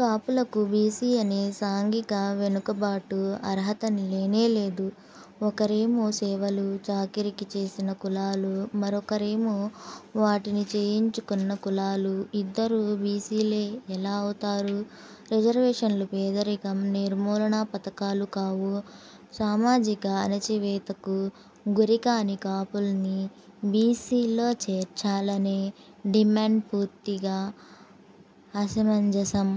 కాపులకు బీసీ అనే సాంఘిక వెనుకబాటు అర్హత లేనే లేదు. ఒకరేమో సేవలు, చాకిరీలు చేసిన కులాలు, మరొకరేమో వాటిని చేయించుకొన్న కులాలు, ఇద్దరూ బీసీలే ఎలా అవుతారు? రిజర్వేషన్లు పేదరికం నిర్మూలనా పథకాలు కావు. సామాజిక అణచివేతకు గురికాని కాపుల్ని బీసీల్లో చేర్చాలనే డిమాండ్ పూర్తిగా అసమంజసం.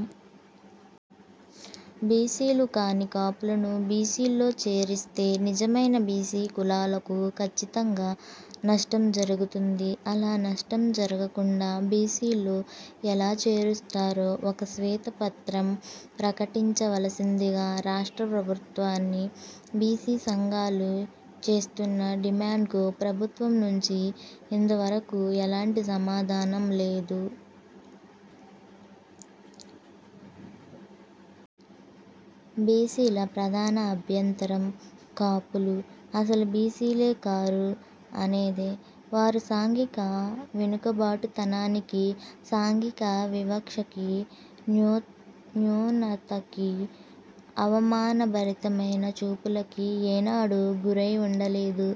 బీసీలు కాని కాపులను బీసీల్లో చేరిస్తే నిజమైన బీసీ కులాలకు ఖచ్చితంగా నష్టం జరుగుతుంది. అలా నష్టం జరగకుండా బీసీల్లో ఎలా చేరుస్తారో ఒక శ్వేత పత్రం ప్రకటించ వలసిందిగా రాష్ట్ర ప్రభుత్వాన్ని బీసీ సంఘాలు చేస్తోన్న డిమాండ్కు ప్రభుత్వం నుంచి ఇంత వరకు ఎలాంటి సమాధానం లేదు. బీసీల ప్రధాన అభ్యంతరం కాపులు అసలు బీసీలే కారు, అనేదే. వారు సాంఘిక వెనుకబాటుతనానికీ, సాంఘిక వివక్షకీ, న్యూనతకీ, అవమానభరితమైన చూపులకీ ఏనాడూ గురై ఉండలేదు.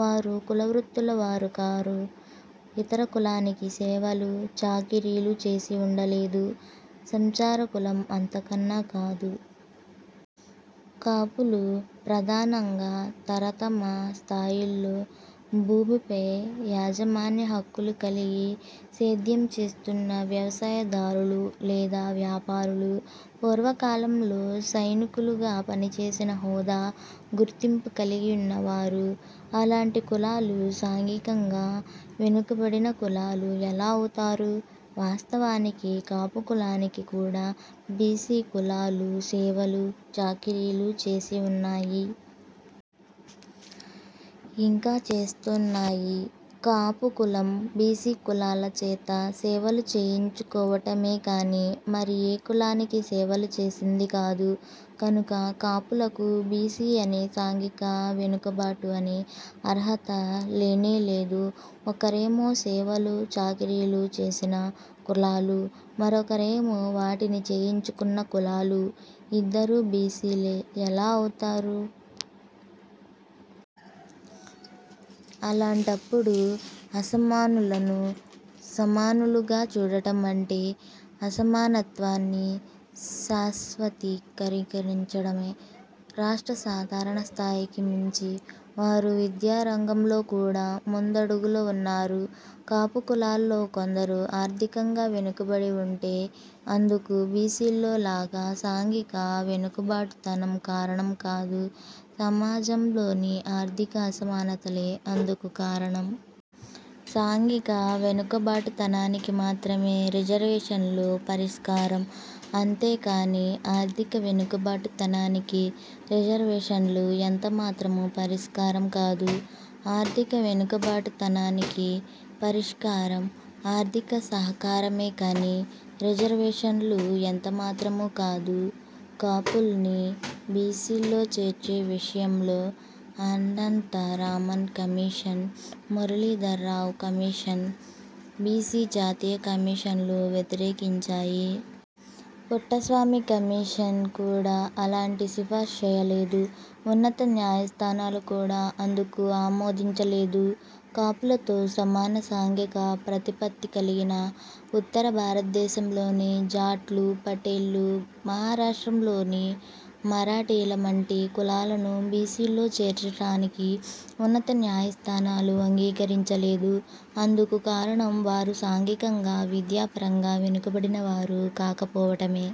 వారు కుల వృత్తుల వారు కాదు. ఇతర కులానికి సేవలు, చాకిరీలు చేసి ఉండలేదు. సంచార కులం అంతకన్నా కాదు. కాపులు ప్రధానంగా తర తమ స్థాయిల్లో భూమిపై యాజమాన్య హక్కులు కలిగి సేద్యం చేస్తోన్న వ్యవసాయదారులు లేదా, వ్యాపారులు. పూర్వకాలంలో సైనికులుగా పనిచేసిన హోదా, గుర్తింపు కలిగి వున్నవారు. అలాంటి కులాలు సాంఘికంగా వెనుకబడిన కులాలు ఎలా అవుతారు? వాస్తవానికి కాపు కులానికి కూడా బీసీ కులాలు సేవలు, చాకిరీలు చేసి ఉన్నాయి. ఇంకా చేస్తోన్నాయి. కాపు కులం, బీసీ కులాల చేత సేవలు చేయించుకోవటమే కానీ, మరి ఏ కులానికీ సేవలు చేసింది కాదు. కనుక కాపులకు బీసీ అనే సాంఘిక వెనుకబాటు అనే అర్హత లేనే లేదు. ఒకరేమో సేవలు, చాకిరీలు చేసిన కులాలు, మరొకరేమో వాటిని చేయించుకొన్న కులాలు ,ఇద్దరూ బీసీలే ఎలా అవుతారు? అలాంటప్పుడు అసమానులను సమానులుగా చూడడం అంటే, అసమానత్వాన్ని శాశ్వతీ కరించడమే. రాష్ట్ర సాధారణ స్థాయికి మించి వారు విద్యా రంగంలో కూడా ముందడుగులో ఉన్నారు. కాపు కులాల్లో కొందరు ఆర్థికంగా వెనుకబడి ఉంటే, అందుకు బీసీల్లో లాగా సాంఘిక వెనుక బాటుతనం కారణం కాదు. సమాజంలోని ఆర్థిక అసమానతలే అందుకు కారణం. సాంఘిక వెనుక బాటుతనానికి మాత్రమే రిజర్వేషన్లు పరిష్కారం. అంతేగానీ ఆర్థిక వెనుక బాటుతనానికి రిజర్వేషన్లు ఎంతమాత్రమూ పరిష్కారం కాదు. ఆర్థిక వెనుక బాటుతనానికి పరిష్కారం ఆర్థిక సహకారమే కానీ, రిజర్వేషన్లు ఎంత మాత్రమూ కాదు. కాపుల్ని బీసీల్లో చేర్చే విషయంలో Anantha Raman commission, Muralidhar Rao commission, BC జాతీయ కమిషన్లు వ్యతిరేకించాయి. పుట్టస్వామి కమిషన్ కూడా అలాంటి సిఫార్స్ చేయలేదు. ఉన్నత న్యాయ స్థానాలు కూడా అందుకు ఆమోదించలేదు. కాపులతో సమాన సాంఘిక ప్రతిపత్తి కలిగిన ఉత్తర భారతదేశంలోని జాట్లు, పటేళ్లు, మహారాష్ట్రలోని మరాఠీల వంటి కులాలను బీసీల్లో చేర్చటానికి ఉన్నత న్యాయ స్థానాలు అంగీకరించలేదు. అందుకు కారణం, వారు సాంఘికంగా, విద్యాపరంగా వెనుకబడిన వారు కాకపోవటమే.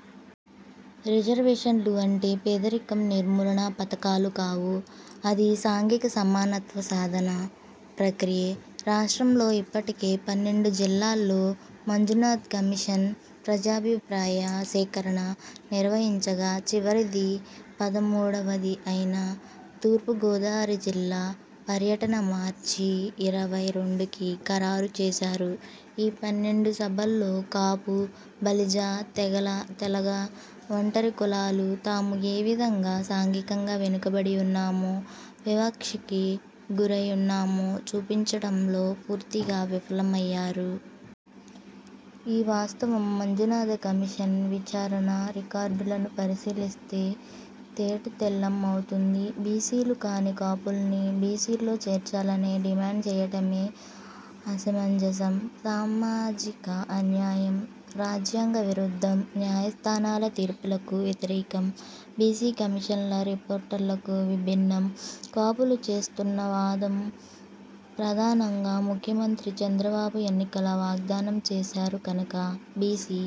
రిజర్వేషన్లు అంటే పేదరికం నిర్మూలనా పథకాలు కావు. అది సాంఘిక సమానత్వ సాధనా ప్రక్రియే. రాష్ట్రంలో ఇప్పటికే పన్నెండు జిల్లాల్లో మంజునాథ్ కమిషన్ ప్రజాభిప్రాయ సేకరణ నిర్వహించగా చివరిదీ, పదమూడువదీ అయిన తూర్పు గోదావరి జిల్లా పర్యటన మార్చి ఇరవై రెండుకి ఖరారు చేశారు. ఈ పన్నెండు సభల్లో కాపు, బలిజ, తెలగ, ఒంటరి కులాలు తాము ఏవిధంగా సాంఘికంగా వెనుకబడి ఉన్నామో, వివక్షకి గురై ఉన్నామో చూపించటంలో పూర్తిగా విఫలం అయ్యారు. ఈ వాస్తవం మంజునాథ కమిషన్ విచారణ రికార్డులను పరిశీలిస్తే తేట తెల్లం అవుతుంది. బీసీలు కాని కాపుల్ని బీసీల్లో చేర్చాలనే డిమాండ్ చేయటమే అసమంజసం, సామాజిక అన్యాయం, రాజ్యాంగ విరుద్ధం. న్యాయ స్థానాల తీర్పులకు వ్యతిరేకం, బీసీ కమిషన్ల రిపోర్ట్లకు విభిన్నం. కాపులు చేస్తోన్న వాదం ప్రధానంగా ముఖ్యమంత్రి చంద్రబాబు ఎన్నికల వాగ్దానం చేశారు కనుక, బీసీ